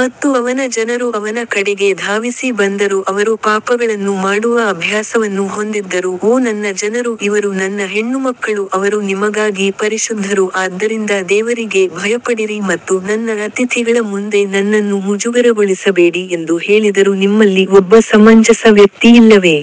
ಮತ್ತು ಅವನ ಜನರು ಅವನ ಕಡೆಗೆ ಧಾವಿಸಿ ಬಂದರು ಅವರು ಪಾಪಗಳನ್ನು ಮಾಡುವ ಅಭ್ಯಾಸವನ್ನು ಹೊಂದಿದ್ದರು ಓ ನನ್ನ ಜನರು ಇವರು ನನ್ನ ಹೆಣ್ಣುಮಕ್ಕಳು ಅವರು ನಿಮಗಾಗಿ ಪರಿಶುದ್ಧರು ಆದ್ದರಿಂದ ದೇವರಿಗೆ ಭಯಪಡಿರಿ ಮತ್ತು ನನ್ನ ಅತಿಥಿಗಳ ಮುಂದೆ ನನ್ನನ್ನು ಮುಜುಗರಗೊಳಿಸಬೇಡಿ ಎಂದು ಹೇಳಿದರು ನಿಮ್ಮಲ್ಲಿ ಒಬ್ಬ ಸಮಂಜಸ ವ್ಯಕ್ತಿ ಇಲ್ಲವೇ?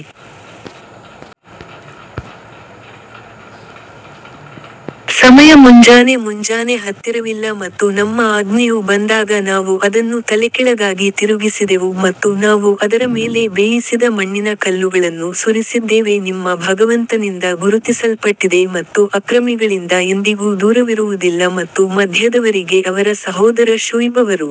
ಸಮಯ ಮುಂಜಾನೆ ಮುಂಜಾನೆ ಹತ್ತಿರವಿಲ್ಲ ಮತ್ತು ನಮ್ಮ ಆಜ್ಞೆಯು ಬಂದಾಗ ನಾವು ಅದನ್ನು ತಲೆಕೆಳಗಾಗಿ ತಿರುಗಿಸಿದೆವು ಮತ್ತು ನಾವು ಅದರ ಮೇಲೆ ಬೇಯಿಸಿದ ಮಣ್ಣಿನ ಕಲ್ಲುಗಳನ್ನು ಸುರಿಸಿದ್ದೇವೆ ನಿಮ್ಮ ಭಗವಂತನಿಂದ ಗುರುತಿಸಲ್ಪಟ್ಟಿದೆ ಮತ್ತು ಅಕ್ರಮಿಗಳಿಂದ ಎಂದಿಗೂ ದೂರವಿರುವುದಿಲ್ಲ ಮತ್ತು ಮಧ್ಯದವರಿಗೆ ಅವರ ಸಹೋದರ ಶುಐಬ್ ಅವರು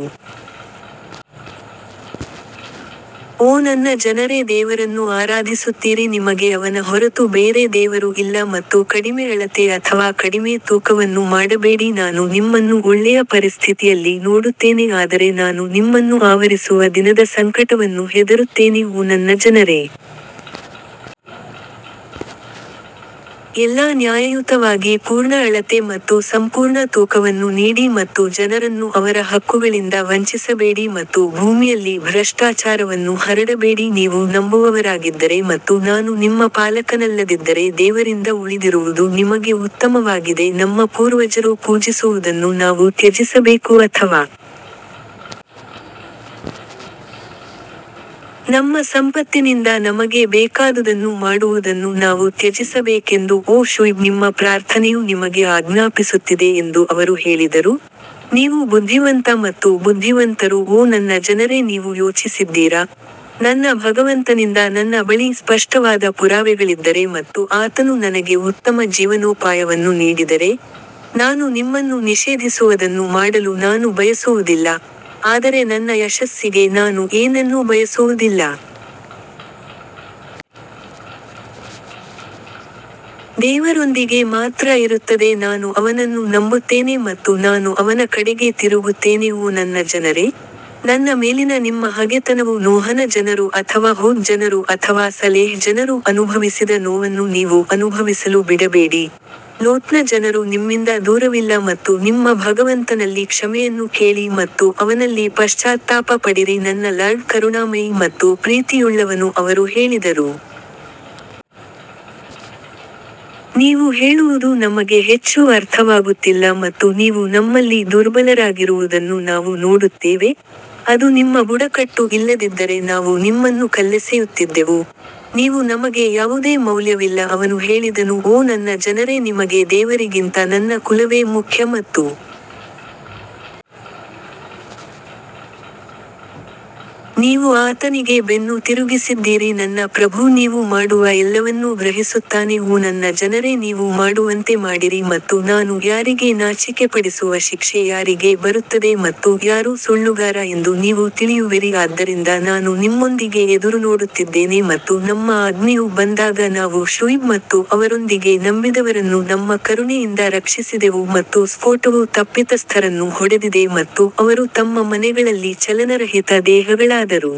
ಓ ನನ್ನ ಜನರೇ ದೇವರನ್ನು ಆರಾಧಿಸುತ್ತೀರಿ ನಿಮಗೆ ಅವನ ಹೊರತು ಬೇರೆ ದೇವರು ಇಲ್ಲ ಮತ್ತು ಕಡಿಮೆ ಅಳತೆ ಅಥವಾ ಕಡಿಮೆ ತೂಕವನ್ನು ಮಾಡಬೇಡಿ ನಾನು ನಿಮ್ಮನ್ನು ಒಳ್ಳೆಯ ಪರಿಸ್ಥಿತಿಯಲ್ಲಿ ನೋಡುತ್ತೇನೆ ಆದರೆ ನಾನು ನಿಮ್ಮನ್ನು ಆವರಿಸುವ ದಿನದ ಸಂಕಟವನ್ನು ಹೆದರುತ್ತೇನೆ ಓ ನನ್ನ ಜನರೇ, ಎಲ್ಲಾ ನ್ಯಾಯಯುತವಾಗಿ ಪೂರ್ಣ ಅಳತೆ ಮತ್ತು ಸಂಪೂರ್ಣ ತೂಕವನ್ನು ನೀಡಿ ಮತ್ತು ಜನರನ್ನು ಅವರ ಹಕ್ಕುಗಳಿಂದ ವಂಚಿಸಬೇಡಿ ಮತ್ತು ಭೂಮಿಯಲ್ಲಿ ಭ್ರಷ್ಟಾಚಾರವನ್ನು ಹರಡಬೇಡಿ ನೀವು ನಂಬುವವರಾಗಿದ್ದರೆ ಮತ್ತು ನಾನು ನಿಮ್ಮ ಪಾಲಕನಲ್ಲದಿದ್ದರೆ ದೇವರಿಂದ ಉಳಿದಿರುವುದು ನಿಮಗೆ ಉತ್ತಮವಾಗಿದೆ ನಮ್ಮ ಪೂರ್ವಜರು ಪೂಜಿಸುವುದನ್ನು ನಾವು ತ್ಯಜಿಸಬೇಕು ಅಥವಾ ನಮ್ಮ ಸಂಪತ್ತಿನಿಂದ ನಮಗೆ ಬೇಕಾದುದನ್ನು ಮಾಡುವುದನ್ನು ನಾವು ತ್ಯಜಿಸಬೇಕೆಂದು ಓ ಶುಐಬ್ ನಿಮ್ಮ ಪ್ರಾರ್ಥನೆಯು ನಿಮಗೆ ಆಜ್ಞಾಪಿಸುತ್ತಿದೆ ಎಂದು ಅವರು ಹೇಳಿದರು, ನೀವು ಬುದ್ಧಿವಂತ ಮತ್ತು ಬುದ್ಧಿವಂತರು ಓ ನನ್ನ ಜನರೇ ನೀವು ಯೋಚಿಸಿದ್ದೀರಾ, ನನ್ನ ಭಗವಂತನಿಂದ ನನ್ನ ಬಳಿ ಸ್ಪಷ್ಟವಾದ ಪುರಾವೆಗಳಿದ್ದರೆ ಮತ್ತು ಆತನು ನನಗೆ ಉತ್ತಮ ಜೀವನೋಪಾಯವನ್ನು ನೀಡಿದರೆ, ನಾನು ನಿಮ್ಮನ್ನು ನಿಷೇಧಿಸುವದನ್ನು ಮಾಡಲು ನಾನು ಬಯಸುವುದಿಲ್ಲ, ಆದರೆ ನನ್ನ ಯಶಸ್ಸಿಗೆ ನಾನು ಏನನ್ನೂ ಬಯಸುವುದಿಲ್ಲ. ದೇವರೊಂದಿಗೆ ಮಾತ್ರ ಇರುತ್ತದೆ ನಾನು ಅವನನ್ನು ನಂಬುತ್ತೇನೆ ಮತ್ತು ನಾನು ಅವನ ಕಡೆಗೆ ತಿರುಗುತ್ತೇನೆ ಓ ನನ್ನ ಜನರೇ, ನನ್ನ ಮೇಲಿನ ನಿಮ್ಮ ಹಗೆತನವು ನೋಹನ ಜನರು ಅಥವಾ ಹುದ್ ಜನರು ಅಥವಾ ಸಲೇಹ್ ಜನರು ಅನುಭವಿಸಿದ ನೋವನ್ನು ನೀವು ಅನುಭವಿಸಲು ಬಿಡಬೇಡಿ, ಲೋತ್ನ ಜನರು ನಿಮ್ಮಿಂದ ದೂರವಿಲ್ಲ ಮತ್ತು ನಿಮ್ಮ ಭಗವಂತನಲ್ಲಿ ಕ್ಷಮೆಯನ್ನು ಕೇಳಿ ಮತ್ತು ಅವನಲ್ಲಿ ಪಶ್ಚಾತ್ತಾಪ ಪಡಿರಿ ನನ್ನ ಲಾರ್ಡ್ ಕರುಣಾಮಯಿ ಮತ್ತು ಪ್ರೀತಿಯುಳ್ಳವನು ಅವರು ಹೇಳಿದರು. ನೀವು ಹೇಳುವುದು ನಮಗೆ ಹೆಚ್ಚು ಅರ್ಥವಾಗುತ್ತಿಲ್ಲ ಮತ್ತು ನೀವು ನಮ್ಮಲ್ಲಿ ದುರ್ಬಲರಾಗಿರುವುದನ್ನು ನಾವು ನೋಡುತ್ತೇವೆ, ಅದು ನಿಮ್ಮ ಬುಡಕಟ್ಟು ಇಲ್ಲದಿದ್ದರೆ ನಾವು ನಿಮ್ಮನ್ನು ಕಲ್ಲೆಸೆಯುತ್ತಿದ್ದೆವು, ನೀವು ನಮಗೆ ಯಾವುದೇ ಮೌಲ್ಯವಿಲ್ಲ ಅವನು ಹೇಳಿದನು ಓ ನನ್ನ ಜನರೇ ನಿಮಗೆ ದೇವರಿಗಿಂತ ನನ್ನ ಕುಲವೇ ಮುಖ್ಯ ಮತ್ತು ನೀವು ಆತನಿಗೆ ಬೆನ್ನು ತಿರುಗಿಸಿದ್ದೀರಿ ನನ್ನ ಪ್ರಭು ನೀವು ಮಾಡುವ ಎಲ್ಲವನ್ನೂ ಗ್ರಹಿಸುತ್ತಾನೆ ಓ ನನ್ನ ಜನರೇ ನೀವು ಮಾಡುವಂತೆ ಮಾಡಿರಿ ಮತ್ತು ನಾನು ಯಾರಿಗೆ ನಾಚಿಕೆಪಡಿಸುವ ಶಿಕ್ಷೆ ಯಾರಿಗೆ ಬರುತ್ತದೆ ಮತ್ತು ಯಾರು ಸುಳ್ಳುಗಾರ ಎಂದು ನೀವು ತಿಳಿಯುವಿರಿ ಆದ್ದರಿಂದ ನಾನು ನಿಮ್ಮೊಂದಿಗೆ ಎದುರುನೋಡುತ್ತಿದ್ದೇನೆ ಮತ್ತು ನಮ್ಮ ಆಜ್ಞೆಯು ಬಂದಾಗ ನಾವು ಶುಐಬ್ ಮತ್ತು ಅವರೊಂದಿಗೆ ನಂಬಿದವರನ್ನು ನಮ್ಮ ಕರುಣೆಯಿಂದ ರಕ್ಷಿಸಿದೆವು ಮತ್ತು ಸ್ಫೋಟವು ತಪ್ಪಿತಸ್ಥರನ್ನು ಹೊಡೆದಿದೆ ಮತ್ತು ಅವರು ತಮ್ಮ ಮನೆಗಳಲ್ಲಿ ಚಲನರಹಿತ ದೇಹಗಳಾದರು.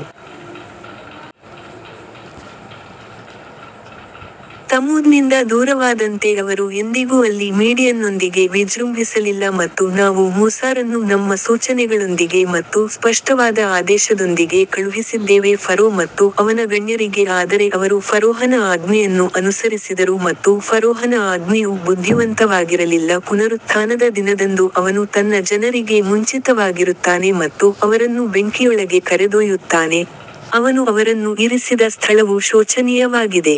ತಮೂದ್ನಿಂದ ದೂರವಾದಂತೆ ಅವರು ಎಂದಿಗೂ ಅಲ್ಲಿ ಮೀಡಿಯನ್ನೊಂದಿಗೆ ವಿಜೃಂಭಿಸಲಿಲ್ಲ ಮತ್ತು ನಾವು ಮೂಸಾರನ್ನು ನಮ್ಮ ಸೂಚನೆಗಳೊಂದಿಗೆ ಮತ್ತು ಸ್ಪಷ್ಟವಾದ ಆದೇಶದೊಂದಿಗೆ ಕಳುಹಿಸಿದ್ದೇವೆ ಫರೋ ಮತ್ತು ಅವನ ಗಣ್ಯರಿಗೆ ಆದರೆ ಅವರು ಫರೋಹನ ಆಜ್ಞೆಯನ್ನು ಅನುಸರಿಸಿದರು ಮತ್ತು ಫರೋಹನ ಆಜ್ಞೆಯು ಬುದ್ಧಿವಂತವಾಗಿರಲಿಲ್ಲ ಪುನರುತ್ಥಾನದ ದಿನದಂದು ಅವನು ತನ್ನ ಜನರಿಗೆ ಮುಂಚಿತವಾಗಿರುತ್ತಾನೆ ಮತ್ತು ಅವರನ್ನು ಬೆಂಕಿಯೊಳಗೆ ಕರೆದೊಯ್ಯುತ್ತಾನೆ, ಅವನು ಅವರನ್ನು ಇರಿಸಿದ ಸ್ಥಳವು ಶೋಚನೀಯವಾಗಿದೆ.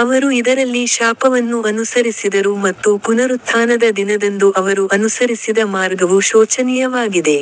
ಅವರು ಇದರಲ್ಲಿ ಶಾಪವನ್ನು ಅನುಸರಿಸಿದರು ಮತ್ತು ಪುನರುತ್ಥಾನದ ದಿನದಂದು ಅವರು ಅನುಸರಿಸಿದ ಮಾರ್ಗವು ಶೋಚನೀಯವಾಗಿದೆ.